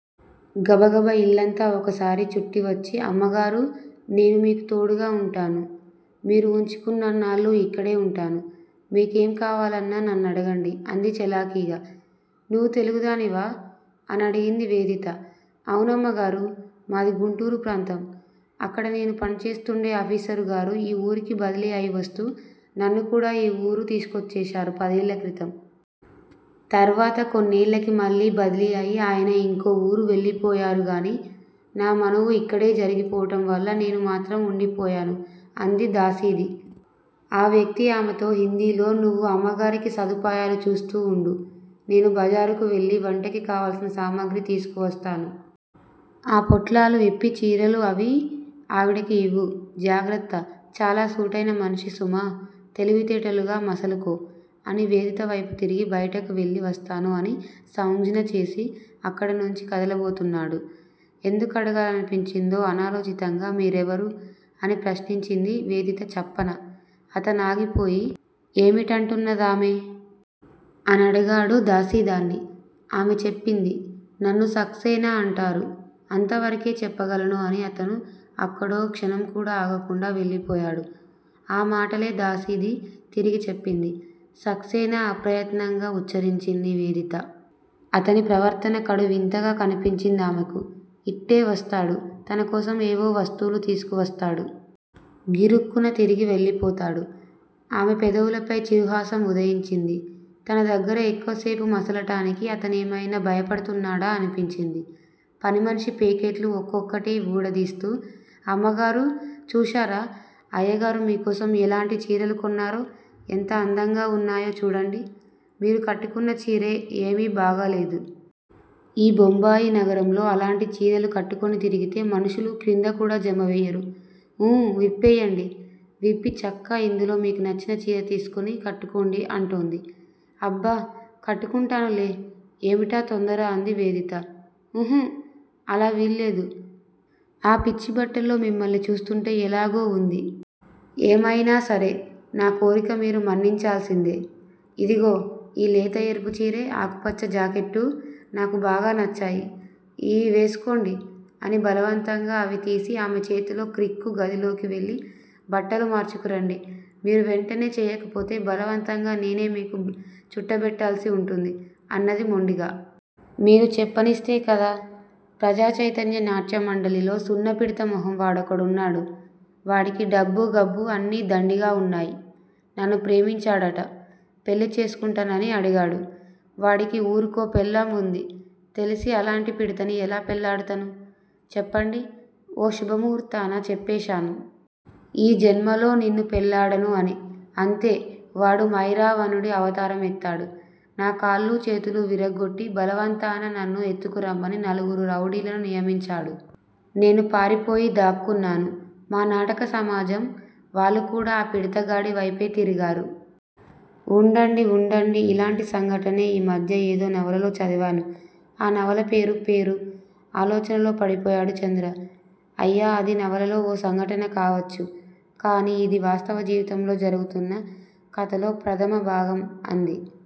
గబగబ యిల్లంతా వొకసారి చుట్టివచ్చి అమ్మగారూ! నేను మీకు తోడుగా వుంటాను. మీరు వుంచుకున్నన్నాళ్ళూ యిక్కడే వుంటాను. మీకేం కావాలన్నా నన్నడగండి అంది చలాకీగా. నువ్వు తెలుగుదానివా? అనడిగింది వేదిత. అవునమ్మగారూ! మాది గుంటూరు ప్రాంతం. అక్కడ నేను పనిచేస్తూండే అఫీసరుగారు యీ వూరికి బదిలీ అయివస్తూ నన్నుకూడా ఈ ఊరు తీసుకొచ్చేశారు పదేళ్ళక్రితం. తర్వాత కొన్నేళ్ళకి మళ్ళీ బదిలీ అయి ఆయన యింకో ఊరు వెళ్ళిపోయారుగానీ, నా మనువు యిక్కడే జరిగిపోవటం వల్ల నేను మాత్రం వుండిపోయాను అంది దాసీది. ఆ వ్యక్తి ఆమెతో హిందీలో నువ్వు అమ్మగారికి సదుపాయాలు చూస్తూ వుండు. నేను బజారుకు వెళ్ళి వంటకి కావలసిన సామగ్రి తీసుకువస్తాను. ఆ పొట్లాలు విప్పి చీరెలూ అవీ ఆవిడకి యివ్వు. జాగ్రత్త! చాలా సూటైన మనిషి సుమా. తెలివితేటలుగా మసలుకో అని వేదిత వైపు తిరిగి బయటకు వెళ్ళి వస్తాను అని సౌంజ్ఞచేసి అక్కడినుంచి కదలబోతున్నాడు. ఎందుకడగాలనిపించిందో అనాలోచింతగా మీరెవరు? అని ప్రశ్నించింది వేదిత చప్పున. అతనాగిపోయి ఏమిటంటున్న దామె? అనడిగాడు దాసీదాన్ని. ఆమె చెప్పింది. నన్ను సక్సేనా అంటారు. అంతవరకే చెప్పగలను అని అతను అక్కడో క్షణంకూడా ఆగకుండా వెళ్ళిపోయాడు. ఆ మాటలే దాసీది తిరిగి చెప్పింది. సక్సేనా అప్రయత్నంగా ఉచ్చరించింది వేదిత. అతని ప్రవర్తన కడు వింతగా కనిపించిందామెకు. ఇట్టే వస్తాడు, తనకోసం ఏవో వస్తువులు తీసుకువస్తాడు. గిరుక్కున తిరిగి వెళ్ళిపోతాడు. ఆమె పెదవులపై చిరుహాసం వుదయించింది. తన దగ్గర ఎక్కువసేపు మసలటానికి అతనేమైనా భయపడుతున్నాడా అనిపించింది. పనిమనిషి పేకెట్లు వొక్కొక్కటే ఊడదీస్తూ, అమ్మగారూ, చూశారా! అయ్యగారు మీకోసం యెలాంటి చీరెలు కొన్నారో! ఎంత అందంగా వున్నాయో చూడండి. మీరు కట్టుకున్న చీరె యేమీ బాగాలేదు. ఈ బొంబాయి నగరంలో అలాంటి చీరెలు కట్టుకుని తిరిగితే మనుషులు క్రిందకూడా జమవెయ్యరు. ఊఁ విప్పెయ్యండి. విప్పి చక్కా ఇందులో మీకు నచ్చిన చీరె తీసుకుని కట్టుకోండి అంటోంది. అబ్బ కట్టుకుంటానులే! ఏమిటా తొందర అంది వేదిత. ఉహూ! అలా వీల్లేదు. ఆ పిచ్చిబట్టల్లో మిమ్మల్ని చూస్తుంటే యెలాగో వుంది. ఏమయినా సరే నా కోరిక మీరు మన్నించాల్సిందే. ఇదుగో! ఈ లేత ఎరుపు చీరె, ఆకుపచ్చ జాకెట్టూ నాకు బాగా నచ్చాయి. ఈఁ వేసుకోండి అని బలవంతంగా అవి తీసి ఆమె చేతిలో క్రుక్కి గదిలోకి వెళ్ళి బట్టలు మార్చుకు రండి, మీరు వెంటనే చెయ్యకపోతే బలవంతంగా నేనే మీకు చుట్టబెట్టాల్సి ఉంటుంది అన్నది మొండిగా. మీరు చెప్పనిస్తే కదా? ప్రజాచైతన్య నాట్యమండలిలో సున్న పిడత మొహం వాడొకడున్నాడు. వాడికి డబ్బు గబ్బు అన్నీ దండిగా వున్నాయ్. నన్ను ప్రేమించాడుట. పెళ్ళి చేసుకుంటానని అడిగాడు. వాడికి ఊరికో పెళ్ళాం వుంది. తెలిసి అలాంటి పిడతని ఎలా పెళ్ళాడుతను. చెప్పండి? ఓ శుభముహూర్తాన చెప్పేశాను. ఈ జన్మలో నిన్ను పెళ్లాడను అని. అంతే వాడు మైరావణుడి అవతారం ఎత్తాడు. నా కాళ్ళూ చేతులూ విరగొట్టి బలవంతాన నన్ను ఎత్తుకు రమ్మని నలుగురు రౌడీలను నియమించాడు. నేను పారిపోయి దాక్కున్నాను. మా నాటక సమాజం వాళ్ళు కూడా ఆ పిడతగాడి వైపే తిరిగారు. వుండండి వుండండి ఇలాంటి సంఘటనే ఈ మధ్య ఏదో నవలలో చదివాను. ఆ నవల పేరు పేరు! ఆలోచనలో పడిపోయాడు చంద్ర. అయ్యా అది నవలలో ఓ సంఘటన కావచ్చు. కాని యిది వాస్తవ జీవితంలో జరుగుతున్న కథలో ప్రధమభాగం అంది